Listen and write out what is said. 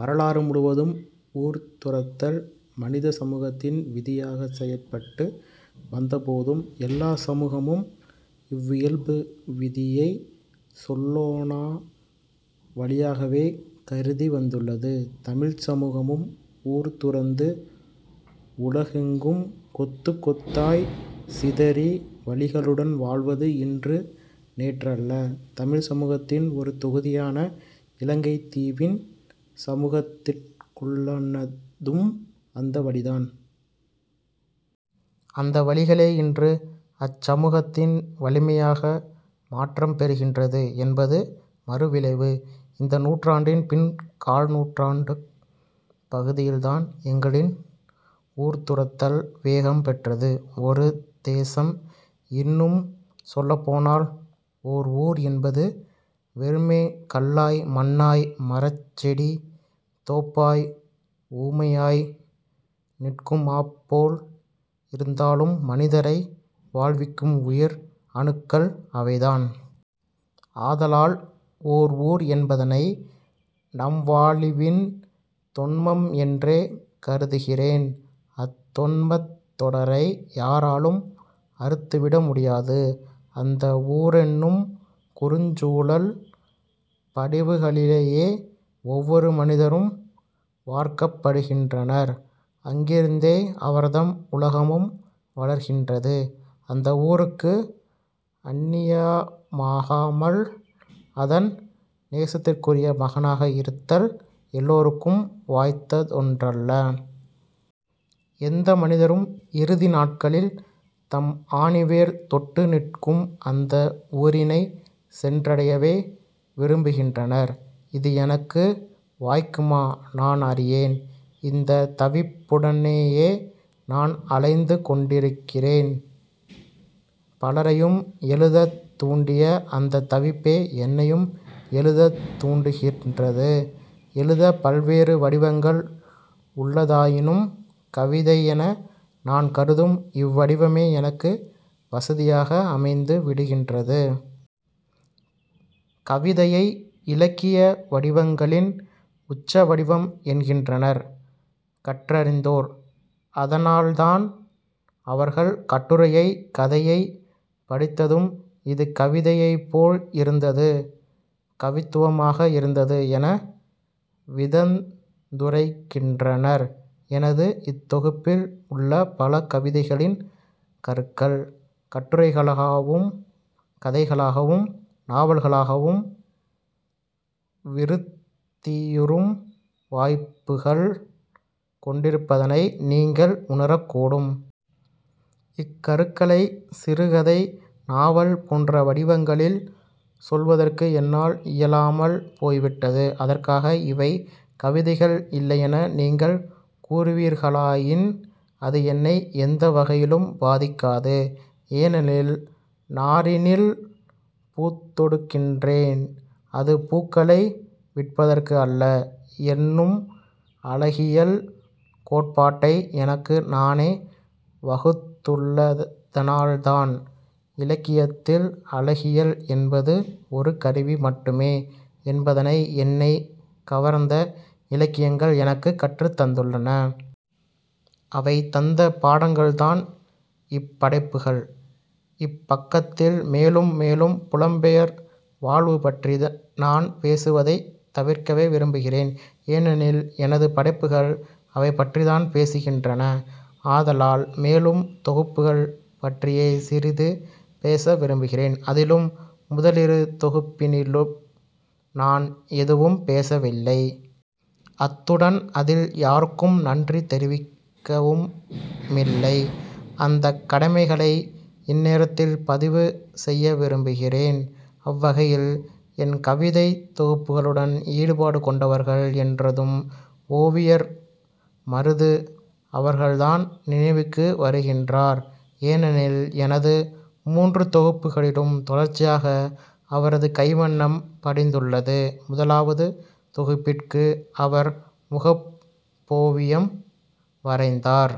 வரலாறு முழுவதும் ஊர் துறத்தல் மனித சமூகத்தின் விதியாகச் செயற்பட்டு வந்தபோதும் எல்லாச் சமூகமும் இவ்வியல்பு விதியைச் சொல்லொணா வலியாகவே கருதி வந்துள்ளது. தமிழ்ச சமூகமும் ஊர் துறந்து, உலகெங்கும் கொத்துக் கொத்தாய்த் சிதறி வலிகளுடன் வாழ்வது இன்று நேற்றல்ல. தமிழ்ச் சமூகத்தின் ஒரு தொகுதியான இலங்கைத் தீவின் சமூகத்திற்குள்ளதும் அந்த வலிதான். அந்த வலிகளே இன்று அச்சமூகத்தின் வலிமையாக மாற்றம்பெறுகின்றது என்பது மறு விளைவு. இந்த நூற்றாண்டின் பின் கால்நூற்றாண்டுப் பகுதியில்தான் எங்களின் ஊர்துறத்தல் வேகம் பெற்றது. ஒரு தேசம், இன்னும் சொல்லப்போனால் ஓர் ஊர் என்பது வெறுமே கல்லாய், மண்ணாய், மரஞ்செடி தோப்பாய், ஊமையாய் நிற்குமாப்போல் இருந்தாலும்மனிதரை வாழ்விக்கும் உயிர் அணுக்கள் அவைதான். ஆதலால் ஓர் ஊர் என்பதனை நம்வாழிவின் தொன்மம் என்றே கருதுகிறேன். அத்தொன்மத் தொடரை யாராலும் அறுத்துவிட முடியாது. அந்த ஊரென்னும் குறுஞ்சூழல் படிவுகளிலேயே ஒவ்வொரு மனிதரும் வார்க்கப்படுகின்றனர். அங்கிருந்தே அவர்தம் உலகமும் வளர்கின்றது. அந்த ஊருக்கு அந்நியமாகாமல் அதன் நேசத்திற்குரிய மகனாக இருத்தல் எல்லோருக்கும் வாய்த்ததொன்றல்ல. எந்த மனிதரும் இறுதி நாட்களில் தம் ஆணிவேர் தொட்டு நிற்கும் அந்த ஊரினைச் சென்றடையவே விரும்புகின்றனர். இது எனக்கு வாய்க்குமா நான் அறியேன். இந்த தவிப்புடனேயே நான் அலைந்து கொண்டிருக்கிறேன் பலரையும் எழுதத் தூண்டிய அந்தத் தவிப்பே என்னையும் எழுதத் தூண்டுகின்றது. எழுத பல்வேறு வடிவங்கள் உள்ளதாயினும் கவிதையென நான் கருதும் இவ்வடிவமே எனக்கு வசதியாக அமைந்து விடுகின்றது. கவிதையை இலக்கிய வடிவங்களின் உச்ச வடிவம் என்கின்றனர் கற்றறிந்தோர். அதனால்தான் அவர்கள் கட்டுரையை, கதையை, படித்ததும் இது கவிதையைப்போல் இருந்தது. கவித்துவமாக இருந்தது என விதந்துரைக்கின்றனர். எனது இத் தொகுப்பில் உள்ள பல கவிதைகளின் கருக்கள் கட்டுரைகளாகவும், கதைகளாகவும், நாவல்களாகவும் விருத்தியுறும் வாய்ப்புகள் கொண்டிருப்பதனை நீங்கள் உணரக்கூடும். இக்கருக்களை சிறுகதை, நாவல் போன்ற வடிவங்களில் சொல்வதற்கு என்னால் இயலாமல் போய்விட்டது. அதற்காக இவை கவிதைகள் இல்லையென நீங்கள் கூறுவீர்களாயின் அது என்னை எந்த வகையிலும் பாதிக்காது. ஏனெனில் நாரினில் பூத்தொடுக்கின்றேன். அது பூக்களை விற்பதற்கு அல்ல என்னும் அழகியல் கோட்பாட்டை எனக்கு நானே வகுத்துள்ளதனால்தான் இலக்கியத்தில் அழகியல் என்பது ஒரு கருவி மட்டுமே என்பதனை என்னைக் கவர்ந்த இலக்கியங்கள் எனக்கு கற்றுத் தந்துள்ளன. அவை தந்த பாடங்கள்தான் இப்படைப்புகள். இப்பக்கத்தில் மேலும் மேலும் புலம் பெயர் வாழ்வு பற்றி நான் பேசுவதைத் தவிர்க்கவே விரும்புகிறேன். ஏனெனில் எனது படைப்புகள் அவை பற்றித்தான் பேசுகின்றன. ஆதலால் மேலும் தொகுப்புகள் பற்றியே சிறிது பேச விரும்புகிறேன். அதிலும் முதலிரு தொகுப்பினிலும் நான் எதுவும் பேசவில்லை. அத்துடன் அதில் யாருக்கும் நன்றி தெரிவிக்கவுமில்லை. அந்தக் கடமைகளை இந்நேரத்தில் பதிவு செய்யவிரும்புகிறேன். அவ்வகையில் என் கவிதைத் தொகுப்புகளுடன் ஈடுபாடு கொண்டவர்கள் என்றதும் ஓவியர் மருது அவர்கள்தான் நினைவுக்கு வருகின்றார். ஏனெனில், எனது மூன்று தொகுப்புகளிலும் தொடர்ச்சியாக அவரது கைவண்ணம் படிந்துள்ளது. முதலாவது தொகுப்பிற்கு அவர் முகப்போவியம் வரைந்தார்.